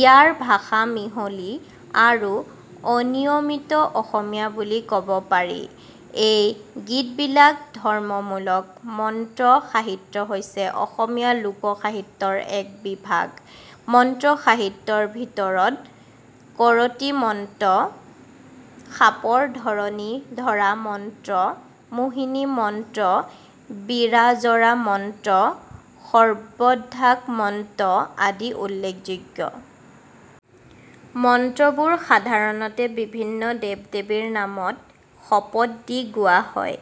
ইয়াৰ ভাষা মিহলি আৰু অনিয়মিত অসমীয়া বুলি ক'ব পাৰি। এই গীতবিলাক ধৰ্মমূলক। মন্ত্ৰ সাহিত্য হৈছে অসমীয়া লোক সাহিত্যৰ এক বিভাগ। মন্ত্ৰ সাহিত্যৰ ভিতৰত কৰতি মন্ত্ৰ, সাপৰ ধৰণী ধৰা মন্ত্ৰ, মোহিনী মন্ত্ৰ, বীৰাজৰা মন্ত্ৰ, সৰ্ব্বঢাক মন্ত্ৰ আদি উল্লেখযোগ্য। মন্ত্ৰবোৰ সাধাৰণতে বিভিন্ন দেৱ-দেৱীৰ নামত শপত দি গোৱা হয়।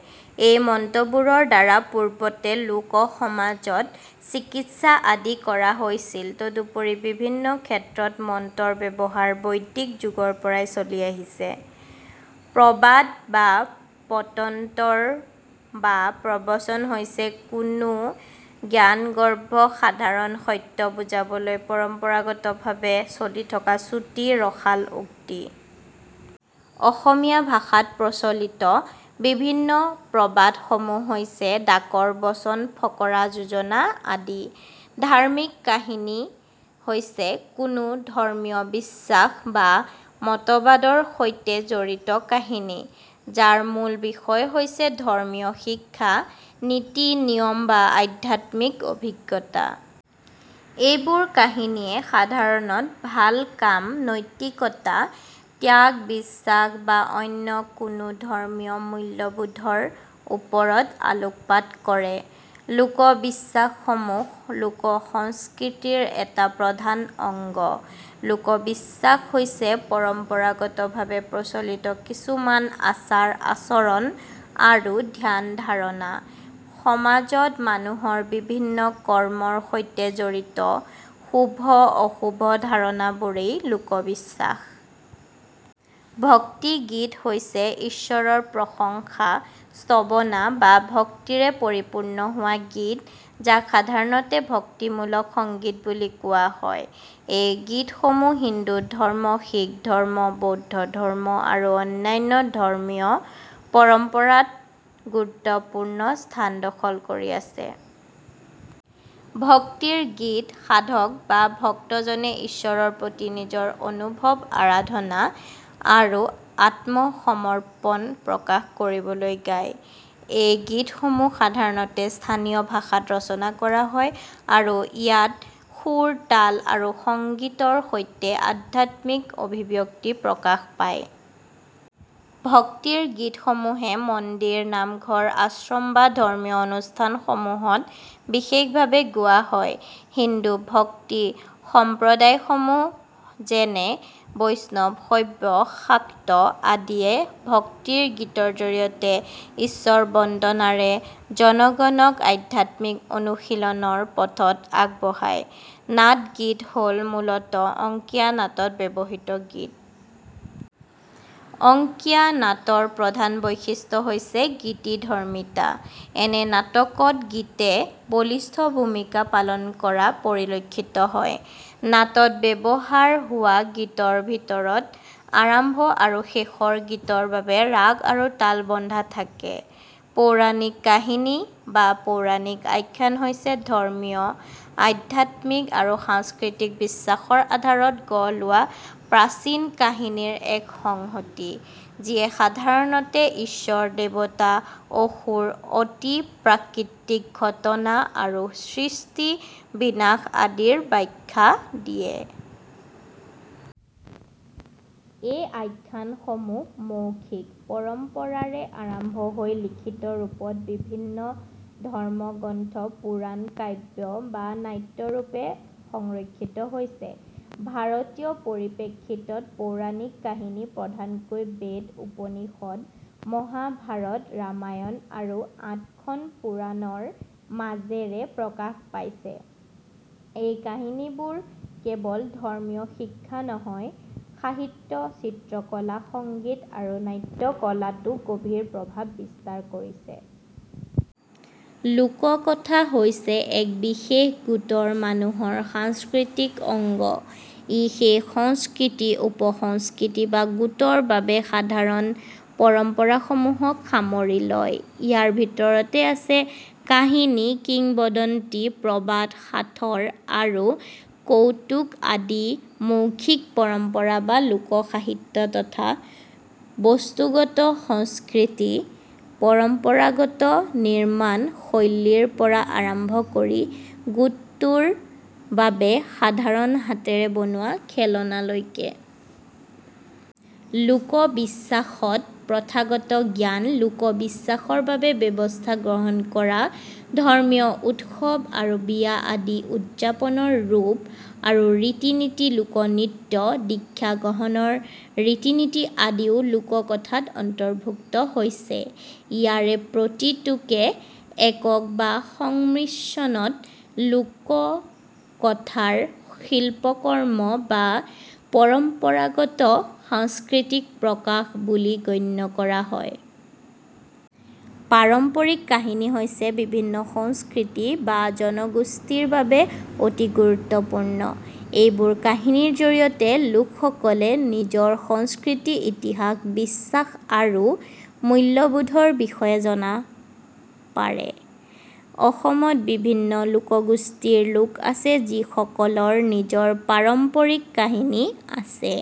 এই মন্ত্ৰবোৰৰ দ্বাৰা পূৰ্বতে লোক সমাজত চিকিৎসা আদি কৰা হৈছিল। তদুপৰি বিভিন্ন ক্ষেত্ৰত মন্ত্ৰৰ ব্যৱহাৰ বৈদিক যুগৰ পৰাই চলি আহিছে। প্ৰবাদ বা পটন্তৰ বা প্ৰবচন হৈছে কোনো জ্ঞানগৰ্ভ সাধাৰণ সত্য বুজাবলৈ পৰম্পৰাগত ভাৱে চলি থকা চুটি, ৰসাল উক্তি। অসমীয়া ভাষাত প্ৰচলিত বিভিন্ন প্ৰবাদসমূহ হৈছে, ডাকৰ বচন, ফকৰা যোজনা আদি। ধাৰ্মিক কাহিনী হৈছে কোনো ধৰ্মীয় বিশ্বাস বা মতবাদৰ সৈতে জড়িত কাহিনী, যাৰ মূল বিষয় হৈছে ধৰ্মীয় শিক্ষা, নীতি-নিয়ম বা আধ্যাত্মিক অভিজ্ঞতা। এইবোৰ কাহিনীয়ে সাধাৰণত ভাল কাম, নৈতিকতা, ত্যাগ, বিশ্বাস বা অন্য কোনো ধৰ্মীয় মূল্যবোধৰ ওপৰত আলোকপাত কৰে। লোকবিশ্বাস সমূহ লোকসংস্কৃতিৰ এটা প্ৰধান অংগ। লোকবিশ্বাস হৈছে পৰম্পৰাগতভাৱে প্ৰচলিত কিছুমান আচাৰ-আচৰণ আৰু ধ্যান-ধাৰণা। সমাজত মানুহৰ বিভিন্ন কৰ্মৰ সৈতে জড়িত শুভ-অশুভ ধাৰণাবোৰেই লোকবিশ্বাস। ভক্তি গীত হৈছে ঈশ্বৰৰ প্ৰশংসা, স্তবনা বা ভক্তিৰে পৰিপূৰ্ণ হোৱা গীত, যাক সাধাৰণতে ভক্তিমূলক সংগীত বুলি কোৱা হয়। এই গীতসমূহ হিন্দু ধৰ্ম, শিখ ধৰ্ম, বৌদ্ধ ধৰ্ম আৰু অন্যান্য ধৰ্মীয় পৰম্পৰাত গুৰুত্বপূৰ্ণ স্থান দখল কৰি আছে। ভক্তিৰ গীত সাধক বা ভক্তজনে ঈশ্বৰৰ প্ৰতি নিজৰ অনুভৱ, আৰাধনা আৰু আত্মসমৰ্পণ প্ৰকাশ কৰিবলৈ গায়। এই গীতসমূহ সাধাৰণতে স্থানীয় ভাষাত ৰচনা কৰা হয় আৰু ইয়াত সুৰ, তাল, আৰু সংগীতৰ সৈতে আধ্যাত্মিক অভিব্যক্তি প্ৰকাশ পায়। ভক্তিৰ গীতসমূহে মন্দিৰ, নামঘৰ, আশ্ৰম বা ধৰ্মীয় অনুষ্ঠানসমূহত বিশেষভাৱে গোৱা হয়। হিন্দু ভক্তিসঁপ্ৰদায়সমূহ যেনে বৈষ্ণৱ, শৈৱ, শাক্ত আদিয়ে ভক্তিৰ গীতৰ জৰিয়তে ঈশ্বৰ-বন্দনাৰে জনগণক আধ্যাত্মিক অনুশীলনৰ পথত আগবঢ়ায়। নাট গীত হ'ল মূলতঃ অংকীয়া নাট ত ব্যৱহৃত গীত। অংকীয়া নাটৰ প্ৰধান বৈশিষ্ট্য হৈছে গীতিধৰ্মিতা। এনে নাটকত গীতে বলিষ্ঠ ভূমিকা পালন কৰা পৰিলক্ষিত হয়। নাটত ব্যৱহাৰ হোৱা গীতৰ ভিতৰত আৰম্ভ আৰু শেষৰ গীতৰ বাবে ৰাগ আৰু তাল বন্ধা থাকে। পৌৰাণিক কাহিনী বা পৌৰাণিক আখ্যান হৈছে ধৰ্মীয়, আধ্যাত্মিক বা সাংস্কৃতিক বিশ্বাসৰ আধাৰত গঢ় লোৱা প্ৰাচীন কাহিনীৰ এক সংহতি, যিয়ে সাধাৰণতে ঈশ্বৰ, দেৱতা, অসুৰ, অতিপ্ৰাকৃতিক ঘটনা আৰু সৃষ্টি-বিনাশ আদিৰ ব্যাখ্যা দিয়ে। এই আখ্যানসমূহ মৌখিক পৰম্পৰাৰে আৰম্ভ হৈ লিখিত ৰূপত বিভিন্ন ধৰ্মগ্ৰন্থ, পুৰাণ, কাব্য বা নাট্যৰূপে সংৰক্ষিত হৈছে। ভাৰতীয় পৰিপ্ৰেক্ষিতত, পৌৰাণিক কাহিনী প্ৰধানকৈ বেদ, উপনিষদ, মহাভাৰত, ৰামায়ণ আৰু আঠৰখন পুৰাণ ৰ মাজেৰে প্ৰকাশ পাইছে। এই কাহিনীবোৰ কেৱল ধৰ্মীয় শিক্ষা নহয়, সাহিত্য, চিত্ৰকলা, সংগীত আৰু নাট্যকলাতো গভীৰ প্ৰভাৱ বিস্তাৰ কৰিছে। লোককথা হৈছে এক বিশেষ গোটৰ মানুহৰ সাংস্কৃতিক অংগ; ই সেই সংস্কৃতি, উপসংস্কৃতি বা গোটৰ বাবে সাধাৰণ পৰম্পৰাসমূহক সামৰি লয়। ইয়াৰ ভিতৰত আছে কাহিনী, কিংবদন্তি, প্ৰবাদ, সাঁথৰ আৰু কৌতুক আদি মৌখিক পৰম্পৰা বা লোক সাহিত্য তথা বস্তুগত সংস্কৃতি, পৰম্পৰাগত নিৰ্মাণ শৈলীৰ পৰা আৰম্ভ কৰি গোটটোৰ বাবে সাধাৰণ হাতেৰে বনোৱা খেলনালৈকে। লোকবিশ্বাসত প্ৰথাগত জ্ঞান, লোকবিশ্বাসৰ বাবে ব্যৱস্থা গ্ৰহণ কৰা, ধৰ্মীয় উৎসৱ আৰু বিয়া আদি উদযাপনৰ ৰূপ আৰু ৰীতি-নীতি, লোকনৃত্য, দীক্ষাগ্ৰহণৰ ৰীতি-নীতি আদিও লোককথাত অন্তৰ্ভুক্ত হৈছে। ইয়াৰে প্ৰতিটোকে একক বা সংমিশ্ৰণত লোককথাৰ শিল্পকৰ্ম বা পৰম্পৰাগত সাংস্কৃতিক প্ৰকাশ বুলি গণ্য কৰা হয়। পাৰম্পৰিক কাহিনী হৈছে বিভিন্ন সংস্কৃতি বা জনগোষ্ঠীৰ বাবে অতি গুৰুত্বপূৰ্ণ। এইবোৰ কাহিনীৰ জৰিয়তে লোকসকলে নিজৰ সংস্কৃতি, ইতিহাস, বিশ্বাস আৰু মূল্যবোধৰ বিষয়ে জনা পাৰে। অসমত বিভিন্ন জনগোষ্ঠীৰ লোক আছে, যিসকলৰ নিজৰ পাৰম্পৰিক কাহিনী আছে।